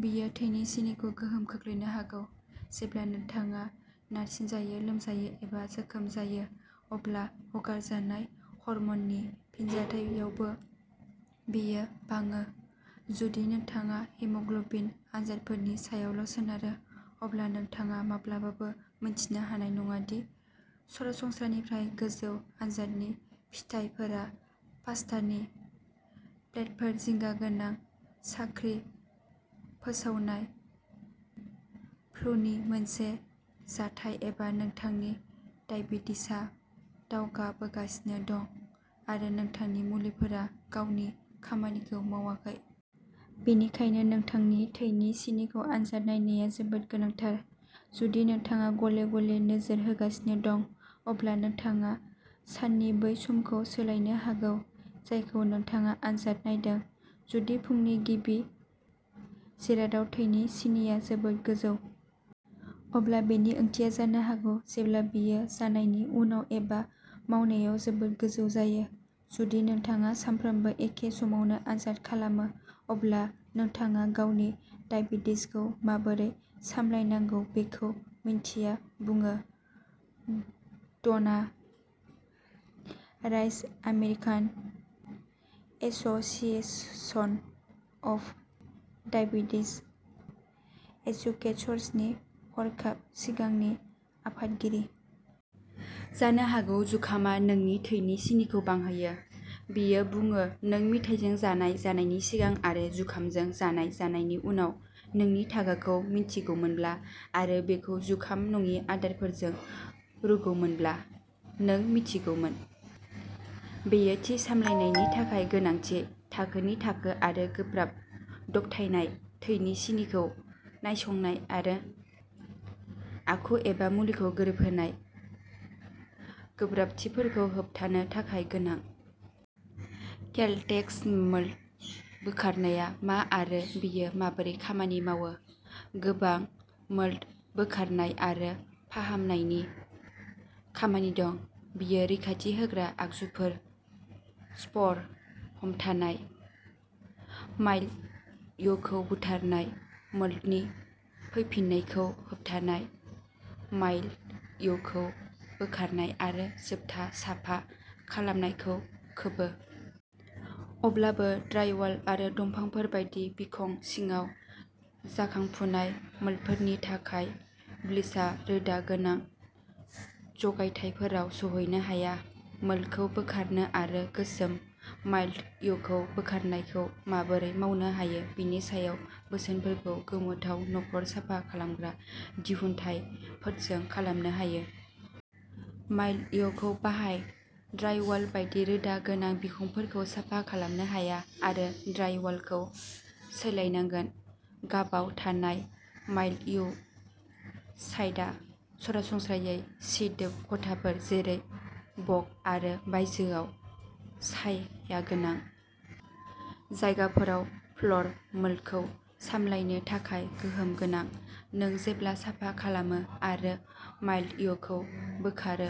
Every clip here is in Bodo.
बेयो थैनि सिनिखौ गोहोम खोख्लैनो हागौ। जेब्ला नोंथाङा नारसिनजायो, लोमजायो, एबा जोखोम जायो अब्ला हगारजानाय हर्म'ननि फिनजाथायावबो बेयो बाङो। जुदि नोंथाङा हिम'ग्लबिन आनजादफोरनि सायावल' सोनारो अब्ला नोंथाङा माब्लाबाबो मिन्थिनो हानाय नङा दि सरासनस्रानिफ्राय गोजौ आनजादनि फिथायफोरा पास्तानि प्लेटफोर जिंगा गोनां साख्रि फोसावनाय, फ्लुनि मोनसे जाथाय, एबा नोंथांनि दाइबेटिसआ दावगाबोगासिनो दं आरो नोंथांनि मुलिफोरा गावनि खामानिखौ मावाखै। बेनिखायनो नोंथांनि थैनि सिनिखौ आनजाद नायनाया जोबोद गोनांथार। जुदि नोंथाङा गले-गले नोजोर होगासिनो दं अब्ला नोंथाङा साननि बै समखौ सोलायनो नांगौ जायखौ नोंथाङा आनजाद नायदों। जुदि फुंनि गिबि जिरादआव थैनि सिनिआ जोबोद गोजौ। अब्ला बेनि ओंथिया जानो हागौ जेब्ला बेयो जानायनि उनाव एबा मोनायाव जोबोद गोजौ जायो। जुदि नोंथाङा सानफ्रोमबो एखे समावनो आनजाद खालामो अब्ला नोंथाङा गावनि दाइबेटिसखौ माबोरै सामलायनांगौ बेखौ मिन्थिया बुङो। Donna Rice American Association of Diabetes एजुकेटर्सनि हरखाब सिगांनि आफादगिरि। जानो हागौ जुखामा नोंनि थैनि सिनिखौ बांहोयो। बियो बुङो नों मिथाइजों जानाय जानायनि सिगां आरो जुखामजों जानाय जानायनि उनाव नोंनि थाखोखौ मिन्थिगौमोनब्ला आरो बेखौ जुखाम नङि आदारफोरजों रुजुगौमोनब्ला नों मिन्थिगौमोन। बेयो थि सामलायनायनि थाखाय गोनां थि थाखोनि थाखो आरो गोब्राब दबथायनाय थैनि सिनिखौ नायसंनाय आरो आखु एबा मुलिखौ गोरोबहोनाय गोब्राबथिफोरखौ होबथानो थाखाय गोनां। केलटेक्स मोल्ड बोखारनाया मा आरो बेयो माबोरै खामानि मावो? गोबां मोल्ड बोखारनाय आरो फाहामनायनि खामानि दं। बेयो रैखाथि होग्रा आगजुफोर, स्पर हमथानाय, माइलडयुखौ बुथारनाय, मोल्डनि फैफिन्नायखौ होबथानाय, माइलडयुखौ बोखारनाय आरो जोबथा साफा खालामनायखौ खोबो। अब्लाबो ड्राइवाल आरो दंफांफोर बायदि बिखं सिङाव जाखांफुनाय मोल्डफोरनि थाखाय ब्लिचआ रोदा गोनां जगायथायफोराव सौहैनो हाया। मोल्डखौ बोखारनो आरो गोसोम माइलडयुखौ बोखारनायखौ माबोरै मावनो हायो बेनि सायाव बोसोनफोरखौ गोमोथाव नखर साफा खालामग्रा दिहुनथायफोरजों खालामनो हायो। माइलडयुखौ बाहाय। ड्राइवाल बायदि रोदा गोनां बिखंफोरखौ साफा खालामनो हाया आरो ड्राइवालखौ सोलायनांगोन। गाबाव थानाय माइलडयु साइडआ सरासनस्रायै सिदोब खथाफोर जेरै बग आरो बायजोयाव सायागोनां जायगाफोराव फ्ल'र मोल्डखौ सामलायनो थाखाय गोहोम गोनां। नों जेब्ला साफा खालामो आरो माइलडयुखौ बोखारो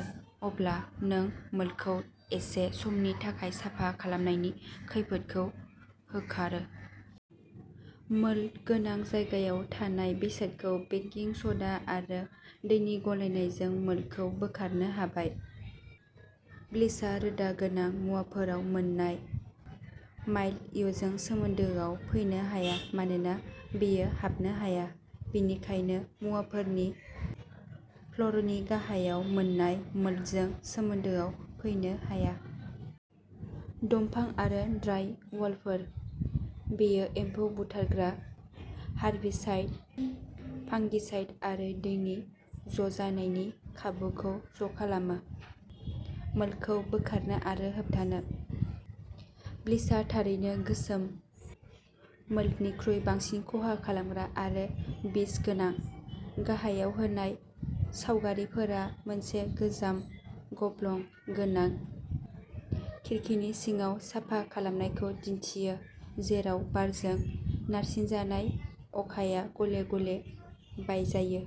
अब्ला नों मोल्डखौ एसे समनि थाखाय साफा खालामनायनि खैफोदखौ होखारो। मोल्ड गोनां जायगायाव थानाय बेसादखौ बेकिं स'डा आरो दैनि गलायनायजों मोल्डखौ बोखारनो बाहाय। ब्लिचआ रोदा गोनां मुवाफोराव मोन्नाय माइलडयुजों सोमोन्दोआव फैनो हाया मानोना बेयो हाबनो हाया। बेनिखायनो मुवाफोरनि फ्ल'रनि गाहायाव मोन्नाय मोल्डजों सोमोन्दोआव फैनो हाया। दंफां आरो ड्राइवालफोर। बेयो एम्फौ बुथारग्रा, हार्बिसाइड, फांगिसाइड आरो दैनि ज'जानायनि खाबुखौ ज'खालामो। मोल्डखौ बोखारनो आरो होबथानो। ब्लिचआ थारैनो गोसोम मोल्डनिख्रुइ बांसिन खहा खालामग्रा आरो बिस गोनां। गाहायाव होनाय सावगारिफोरा मोनसे गोजाम गब्लं गोनां खिरखिनि सिङाव साफा खालामनायखौ दिन्थियो जेराव बारजों नारसिनजानाय अखाया गले-गले बायजायो।